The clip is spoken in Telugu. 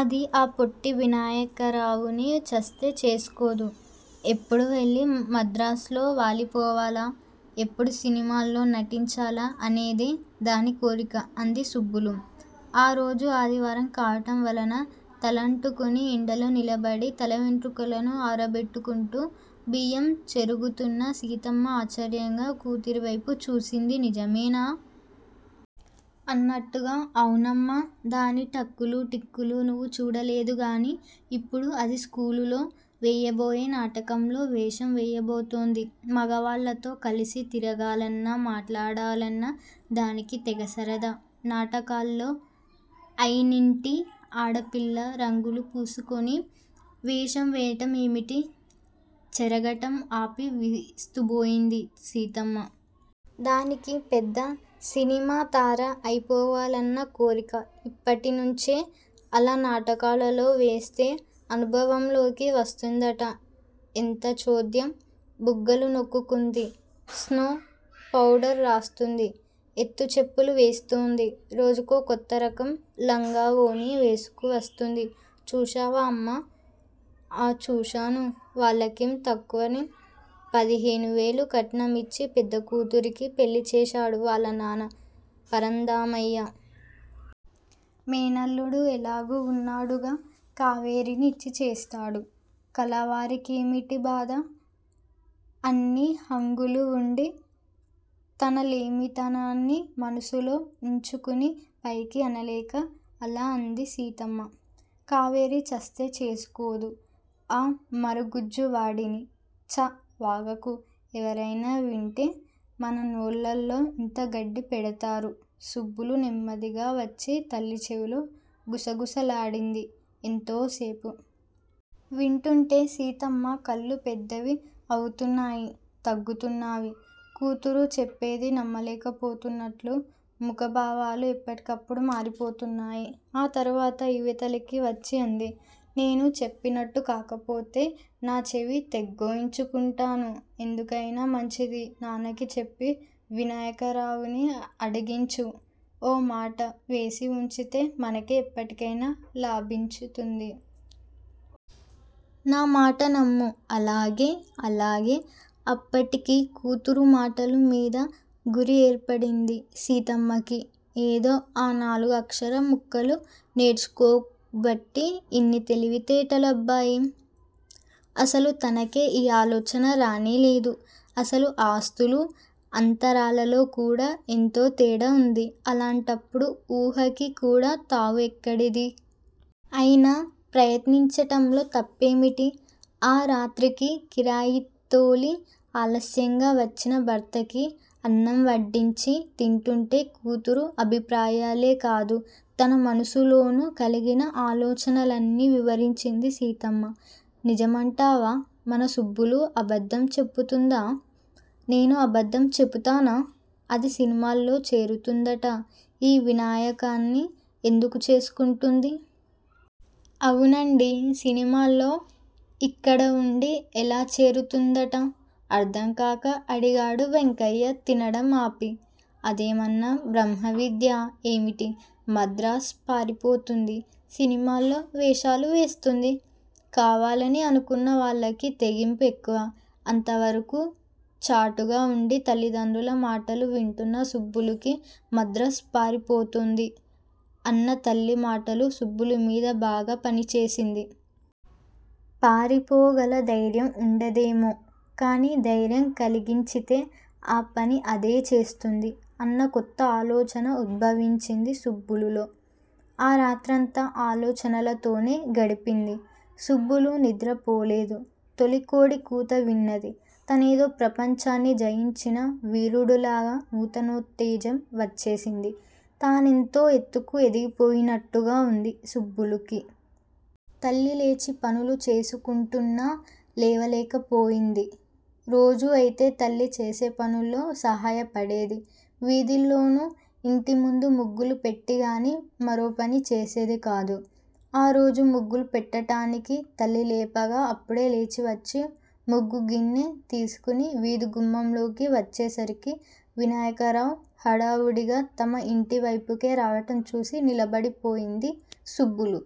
అది ఆ పొట్టి వినాయకరావుని చస్తే చేసుకోదు! ఎప్పుడువెళ్ళి మద్రాసులో వాలిపోవాలా? ఎప్పుడు సినిమాల్లో నటించాలా అనేది దాని కోరిక! అంది సుబ్బులు! ఆరోజు ఆదివారం కావటం వలన తలంటుకుని ఎండలో నిలబడి తలవెంట్రుకలను ఆరబెట్టుకుంటూ. బియ్యం చెరుగుతున్న సీతమ్మ ఆశ్చర్యంగా కూతురివైపు చూసింది నిజమేనా? అన్నట్టుగా! అవునమ్మా! దాని టక్కులు టిక్కులు నువ్వు చూడలేదుగానీ! ఇప్పుడు అది స్కూలులో వేయబోయే నాటకంలో వేషం వేయబోతోంది. మగవాళ్ళతో కలిసి తిరగాలన్నా మాట్లాడాలన్నా దానికి తెగ సరదా! నాటకాల్లో అయినింటి ఆడపిల్ల రంగులు పూసుకుని వేషం వేయటం ఏమిటి? చెరగటం ఆపి విస్తుబోయింది సీతమ్మ. దానికి పెద్ద సినిమాతార అయిపోవాలన్న కోరిక! ఇప్పటినుంచే అలా నాటకాలలో వేస్తే అనుభవంలోకి వస్తుందట! ఎంత చోద్యం! బుగ్గలు నొక్కుకుంది. స్నో, పౌడర్ రాస్తుంది ఎత్తుచేప్పులు వేస్తుంది రోజుకో కొత్తరకం లంగా, ఓణీ వేసుకువస్తుంది చూశావా అమ్మా! ఆఁచూశాను! వాళ్లకేం తక్కువని? పదిహేనువేలు కట్నం యిచ్చి పెద్దకూతురికి పెళ్ళిచేశాడు వాళ్ళనాన్న పరంధామయ్య! మేనల్లుడు ఎలాగూ వున్నాడుగా! కావేరీని యిచ్చి చేస్తాడు! కలవారికేమిటి బాధ? అన్ని హంగులూవుండి! తన లేమితనాన్ని మనసులో వుంచుకుని పైకి అనలేక అలాఅంది సీతమ్మ. కావేరి చస్తే చేసుకోదు ఆ మరుగుజ్జువాడిని. ఛా! వాగకు! ఎవరయినా వింటే మన నోళ్ళల్లో యింత గడ్డిపెడతారు. సుబ్బులు నెమ్మదిగావచ్చి తల్లి చెవిలో గుసగుసలాడింది ఎంతో సేపు! వింటుంటే సీతమ్మ కళ్ళు పెద్దవి అవుతున్నాయి తగ్గుతున్నావి! కూతురు చెప్పేది నమ్మలేకపోతున్నట్లు ముఖభావాలు ఎప్పటికప్పుడు మారిపోతున్నాయి. ఆ తరువాత యివతలికి వచ్చిఅంది. నేను చెప్పినట్టుకాకపోతే నా చెవి తెగ్గోయించుకుంటాను. ఎందుకయినా మంచిది నాన్నకి చెప్పి వినాయకరావుని అడిగించు! ఓ మాట వేసివుంచితే మనకే ఎప్పటికయినా లాభించుతుంది. నా మాట నమ్ము! అలాగే! అలాగే! అప్పటికి కూతురుమాటలు మీద గురిఏర్పడింది సీతమ్మకి! ఏదో ఆ నాలుగు అక్షరం ముక్కలు నేర్చుకోబట్టి యిన్ని తెలివితేటలు అబ్బాయి! అసలు తనకే ఈ ఆలోచన రానేలేదు! అసలు ఆస్తులు అంతరాలలోకూడా ఎంతోతేడా వుంది. అలాంటప్పుడు ఊహకికూడా తావు ఎక్కడిది? అయినా ప్రయత్నించటంలో తప్పేమిటి? ఆ రాత్రికి కిరాయితోలి ఆలస్యంగా వచ్చిన భర్తకి అన్నంవడ్డించి తింటుంటే కూతురు అభిప్రాయాలేకాదు, తన మనసులోనూ కలిగిన ఆలోచనలన్నీ వివరించింది సీతమ్మ. నిజమంటావా? మన సుబ్బులు అబద్దం చెపుతుందా? నేను అబద్దం చెపుతానా? అది సినిమాల్లో చేరుతుందట! ఈ వినాయకాన్ని ఎందుకు చేసుకుంటుంది? అవునండీ! సినిమాల్లో యిక్కడవుండి ఎలా చేరుతుందట? అర్ధంకాక అడిగాడు వెంకయ్య తినడం ఆపి. అదేమన్నా బ్రహ్మ విద్యా ఏమిటి? మద్రాసు పారిపోతుంది సినిమాల్లో వేషాలు వేస్తుంది. కావాలని అనుకున్న వాళ్ళకి తెగింపు ఎక్కువ! అంతవరకూ చాటుగావుండి తల్లిదండ్రుల మాటలు వింటున్న సుబ్బులుకి మద్రాసు పారిపోతుంది! అన్న తల్లి మాటలు సుబ్బులు మీద బాగా పనిచేసింది! పారిపోగల ధైర్యం వుండదేమో? కాని ధైర్యం కలిగించితే ఆ పనిఅదే చేస్తుంది! అన్న కొత్త ఆలోచన ఉద్భవించింది సుబ్బులులో. ఆ రాత్రంతా ఆలోచనలతోనే గడిపింది సుబ్బులు! నిద్రపోలేదు. తొలికోడి కూత విన్నది. తనేదో ప్రపంచాన్ని జయించిన వీరుడులాగా నూతనోత్తేజం వచ్చేసింది. తానెంతో ఎత్తుకు ఎదిగిపోయినట్టుగా వుంది సుబ్బులుకి! తల్లిలేచి పనులు చేసుకుంటున్నా లేవలేకపోయింది. రోజూ అయితే తల్లి చేసేపనుల్లో సహాయపడేది. వీధిలోనూ యింటిముందు ముగ్గులు పెట్టిగాని మరోపని చేసేది కాదు! ఆరోజు ముగ్గులు పెట్టటానికి తల్లి లేపగా అప్పుడే లేచివచ్చి ముగ్గుగిన్నె తీసుకుని వీధి గుమ్మంలోకి వచ్చేసరికి వినాయకరావు హడావుడిగా తమ యింటివైపుకే రావటం చూసి నిలబడిపోయింది సుబ్బులు.